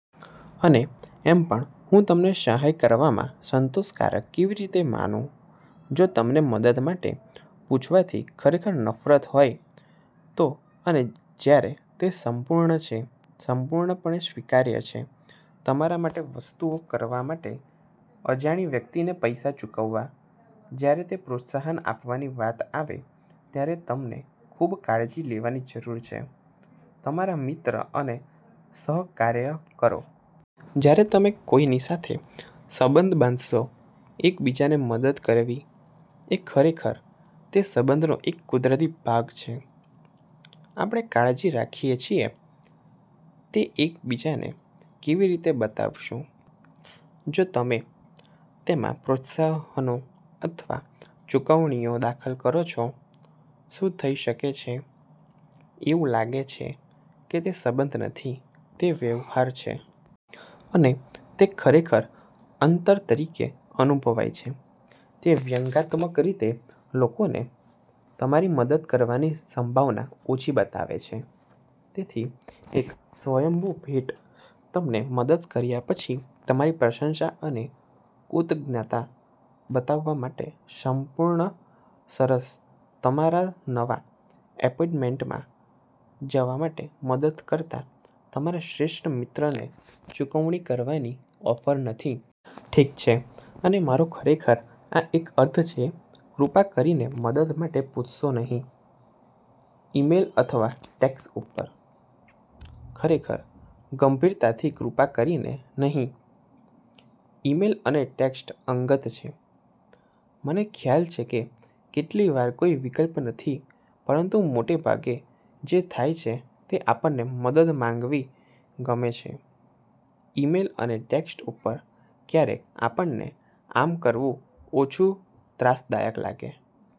અને એમ પણ હું તમને સહાય કરવામાં સંતોષકારક કેવી રીતે માનું જો તમને મદદ માટે મને પૂછવાથી ખરેખર નફરત હોય તો? અને જ્યારે તે સંપૂર્ણ છે, સંપૂર્ણપણે સ્વીકાર્ય છે તમારા માટે વસ્તુઓ કરવા માટે અજાણી વ્યક્તિને પૈસા ચૂકવવા, જ્યારે તે પ્રોત્સાહન આપવાની વાત આવે ત્યારે તમારે ખૂબ કાળજી લેવાની જરૂર છે તમારા મિત્રો અને સહકાર્યકરો. જ્યારે તમે કોઈની સાથે સંબંધ બાંધશો, એક બીજાને મદદ કરવી એ ખરેખર તે સંબંધનો એક કુદરતી ભાગ છે. આપણે કાળજી રાખીએ છીએ તે એક બીજાને કેવી રીતે બતાવીશું. જો તમે તેમાં પ્રોત્સાહનો અથવા ચુકવણીઓ દાખલ કરો છો, શું થઈ શકે છે, એવું લાગે છે કે તે સંબંધ નથી, તે વ્યવહાર છે. અને તે ખરેખર અંતર તરીકે અનુભવાય છે જે વ્યંગાત્મક રીતે લોકોને તમારી મદદ કરવાની સંભાવના ઓછી બનાવે છે. તેથી એક સ્વયંભૂ ભેટ તમને મદદ કર્યા પછી તમારી પ્રશંસા અને કૃતજ્ઞતા બતાવવા માટે સંપૂર્ણ સરસ તમારા નવા એપાર્ટમેન્ટમાં જવા માટે મદદ કરતા તમારા શ્રેષ્ઠ મિત્રને ચૂકવણી કરવાની ઓફર નથી. ઠીક છે. અને મારો ખરેખર આ એક અર્થ છે, કૃપા કરીને મદદ માટે પૂછશો નહીં ઇમેઇલ અથવા ટેક્સ્ટ ઉપર. ખરેખર, ગંભીરતાથી, કૃપા કરીને નહીં. ઇમેઇલ અને ટેક્સ્ટ અંગત છે. મને ખ્યાલ છે કે કેટલીક વાર કોઈ વિકલ્પ નથી પરંતુ મોટે ભાગે જે થાય છે તે આપણને મદદ માંગવી ગમે છે ઇમેઇલ અને ટેક્સ્ટ ઉપર કારણકે આપણને આમ કરવું ઓછું ત્રાસદાયક લાગે.